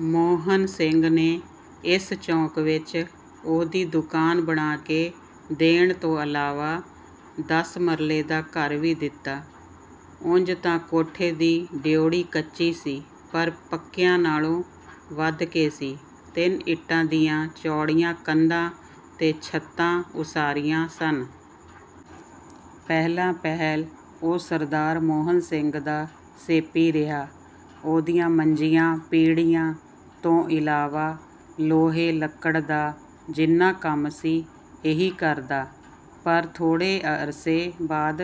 ਮੋਹਨ ਸਿੰਘ ਨੇ ਇਸ ਚੌਕ ਵਿਚ ਉਹਦੀ ਦੁਕਾਨ ਬਣਾ ਕੇ ਦੇਣ ਤੋਂ ਇਲਾਵਾ ਦਸ ਮਰਲੇ ਦਾ ਘਰ ਵੀ ਦਿੱਤਾ। ਉਂਜ ਤਾਂ ਕੋਠੇ ਤੇ ਡਿਓੜੀ ਕੱਚੀ ਸੀ, ਪਰ ਪੱਕਿਆਂ ਨਾਲੋਂ ਵਧ ਕੇ ਸੀ। ਤਿੰਨ ਇੱਟਾਂ ਦੀਆਂ ਚੌੜੀਆਂ ਕੰਧਾਂ ਤੇ ਛੱਤਾਂ ਉਸਾਰੀਆਂ ਸਨ। ਪਹਿਲਾਂ-ਪਹਿਲ ਉਹ ਸਰਦਾਰ ਮੋਹਨ ਸਿੰਘ ਦਾ ਸੇਪੀ ਰਿਹਾ। ਉਹਦੀਆਂ ਮੰਜੀਆਂ, ਪੀੜ੍ਹੀਆਂ ਤੋਂ ਇਲਾਵਾ ਲੋਹੇ-ਲੱਕੜ ਦਾ ਜਿੰਨਾ ਕੰਮ ਸੀ, ਇਹੀ ਕਰਦਾ, ਪਰ ਥੋੜ੍ਹੇ ਅਰਸੇ ਬਾਅਦ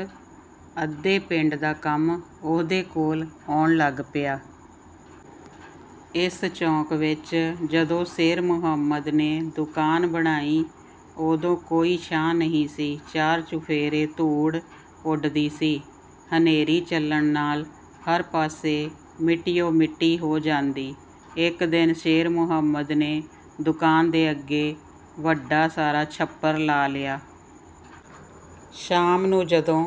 ਅੱਧੇ ਪਿੰਡ ਦਾ ਕੰਮ ਉਹਦੇ ਕੋਲ ਆਉਣ ਲੱਗ ਪਿਆ। ਇਸ ਚੌਕ ਵਿਚ ਜਦੋਂ ਸ਼ੇਰ ਮੁਹੰਮਦ ਨੇ ਦੁਕਾਨ ਬਣਾਈ, ਉਦੋਂ ਕੋਈ ਛਾਂ ਨਹੀਂ ਸੀ। ਚਾਰ-ਚੁਫੇਰੇ ਧੂੜ ਉੱਡਦੀ ਸੀ। ਹਨੇਰੀ ਚੱਲਣ ਨਾਲ ਹਰ ਪਾਸੇ ਮਿੱਟੀਓਂ-ਮਿੱਟੀ ਹੋ ਜਾਂਦੀ। ਇਕ ਦਿਨ ਸ਼ੇਰ ਮੁਹੰਮਦ ਨੇ ਦੁਕਾਨ ਦੇ ਅੱਗੇ ਵੱਡਾ ਸਾਰਾ ਛੱਪਰ ਛਾ ਲਿਆ। ਸ਼ਾਮ ਨੂੰ ਜਦੋਂ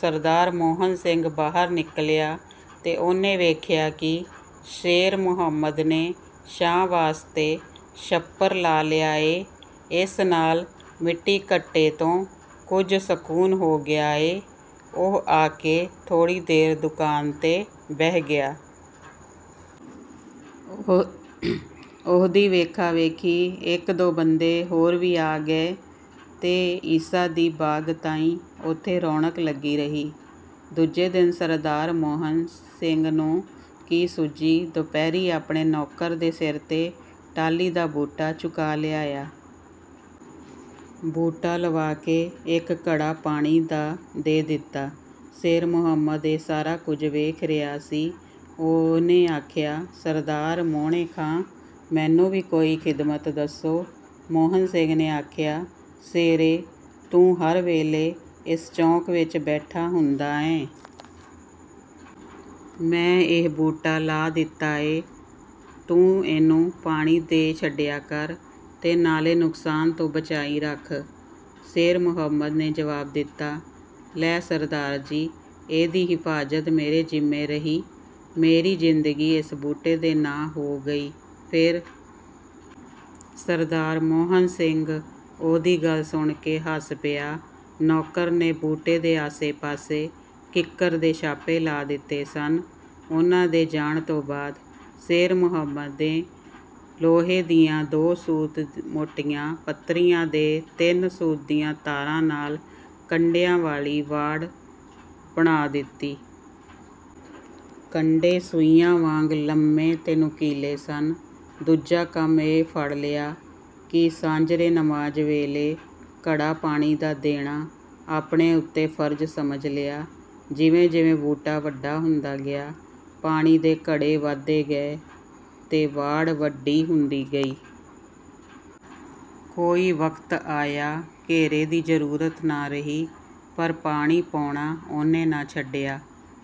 ਸਰਦਾਰ ਮੋਹਨ ਸਿੰਘ ਬਾਹਰ ਨਿਕਲਿਆ ਤੇ ਉਹਨੇ ਵੇਖਿਆ ਕਿ ਸ਼ੇਰ ਮੁਹੰਮਦ ਨੇ ਛਾਂ ਵਾਸਤੇ ਛੱਪਰ ਛਾ ਲਿਆ ਏ। ਇਸ ਨਾਲ ਮਿੱਟੀ-ਘੱਟੇ ਤੋਂ ਕੁਝ ਸਕੂਨ ਹੋ ਗਿਆ ਏ। ਉਹ ਆ ਕੇ ਥੋੜ੍ਹੀ ਦੇਰ ਦੁਕਾਨ 'ਤੇ ਬਹਿ ਗਿਆ। ਉਹਦੀ ਵੇਖਾ-ਵੇਖੀ ਇਕ-ਦੋ ਬੰਦੇ ਹੋਰ ਵੀ ਆ ਗਏ ਤੇ ਇਸ਼ਾ ਦੀ ਬਾਂਗ ਤਾਈਂ ਉੱਥੇ ਰੌਣਕ ਲੱਗੀ ਰਹੀ। ਦੂਜੇ ਦਿਨ ਸਰਦਾਰ ਮੋਹਨ ਸਿੰਘ ਨੂੰ ਕੀ ਸੁੱਝੀ, ਦੁਪਹਿਰੀਂ ਆਪਣੇ ਨੌਕਰ ਦੇ ਸਿਰ 'ਤੇ ਟਾਹਲੀ ਦਾ ਬੂਟਾ ਚੁਕਾ ਲਿਆਇਆ। ਬੂਟਾ ਲਵਾ ਕੇ ਇਕ ਘੜਾ ਪਾਣੀ ਦਾ ਦੇ ਦਿੱਤਾ। ਸ਼ੇਰ ਮੁਹੰਮਦ ਇਹ ਸਾਰਾ ਕੁਝ ਵੇਖ ਰਿਹਾ ਸੀ। ਉਹਨੇ ਆਖਿਆ, "ਸਰਦਾਰ ਮੋਹਣੇ ਖਾਂ! ਮੈਨੂੰ ਵੀ ਕੋਈ ਖ਼ਿਦਮਤ ਦੱਸੋ।" ਮੋਹਨ ਸਿੰਘ ਨੇ ਆਖਿਆ, "ਸ਼ੇਰੇ, ਤੂੰ ਹਰ ਵੇਲੇ ਇਸ ਚੌਕ ਵਿਚ ਬੈਠਾ ਹੁੰਦਾ ਐਂ। ਮੈਂ ਇਹ ਬੂਟਾ ਲਾ ਦਿੱਤਾ ਏ। ਤੂੰ ਇਹਨੂੰ ਪਾਣੀ ਦੇ ਛੱਡਿਆ ਕਰ ਤੇ ਨਾਲੇ ਨੁਕਸਾਨ ਤੋਂ ਬਚਾਈ ਰੱਖ।" ਸ਼ੇਰ ਮੁਹੰਮਦ ਨੇ ਜਵਾਬ ਦਿੱਤਾ, "ਲੈ ਸਰਦਾਰ ਜੀ, ਇਹਦੀ ਹਿਫ਼ਾਜ਼ਤ ਮੇਰੇ ਜ਼ਿੰਮੇ ਰਹੀ। ਮੇਰੀ ਜ਼ਿੰਦਗੀ ਇਸ ਬੂਟੇ ਦੇ ਨਾਂ ਹੋ ਗਈ ਫਿਰ।" ਸਰਦਾਰ ਮੋਹਨ ਸਿੰਘ ਉਹਦੀ ਗੱਲ ਸੁਣ ਕੇ ਹੱਸ ਪਿਆ। ਨੌਕਰ ਨੇ ਬੂਟੇ ਦੇ ਆਸੇ-ਪਾਸੇ ਕਿੱਕਰ ਦੇ ਛਾਪੇ ਲਾ ਦਿੱਤੇ ਸਨ। ਉਨ੍ਹਾਂ ਦੇ ਜਾਣ ਤੋਂ ਬਾਅਦ ਸ਼ੇਰ ਮੁਹੰਮਦ ਨੇ ਲੋਹੇ ਦੀਆਂ ਦੋ ਸੂਤ ਮੋਟੀਆਂ ਪੱਤਰੀਆਂ ਤੇ ਤਿੰਨ ਸੂਤ ਦੀਆਂ ਤਾਰਾਂ ਨਾਲ ਕੰਡਿਆਂ ਵਾਲੀ ਵਾੜ ਬਣਾ ਦਿੱਤੀ। ਕੰਡੇ ਸੂਈਆਂ ਵਾਂਗ ਲੰਮੇ ਤੇ ਨੁਕੀਲੇ ਸਨ। ਦੂਜਾ ਕੰਮ ਇਹ ਫੜ ਲਿਆ ਕਿ ਸਾਝਰੇ ਨਮਾਜ਼ ਵੇਲੇ ਘੜਾ ਪਾਣੀ ਦਾ ਦੇਣਾ ਆਪਣੇ ਉੱਤੇ ਫ਼ਰਜ਼ ਸਮਝ ਲਿਆ। ਜਿਵੇਂ-ਜਿਵੇਂ ਬੂਟਾ ਵੱਡਾ ਹੁੰਦਾ ਗਿਆ, ਪਾਣੀ ਦੇ ਘੜੇ ਵਧਦੇ ਗਏ ਤੇ ਵਾੜ ਵੱਡੀ ਹੁੰਦੀ ਗਈ। ਕੋਈ ਵਕਤ ਆਇਆ, ਘੇਰੇ ਦੀ ਜ਼ਰੂਰਤ ਨਾ ਰਹੀ, ਪਰ ਪਾਣੀ ਪਾਉਣਾ ਉਹਨੇ ਨਾ ਛੱਡਿਆ।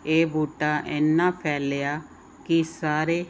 ਇਹ ਬੂਟਾ ਇੰਨਾ ਫੈਲਿਆ, ਕਿ ਸਾਰੇ...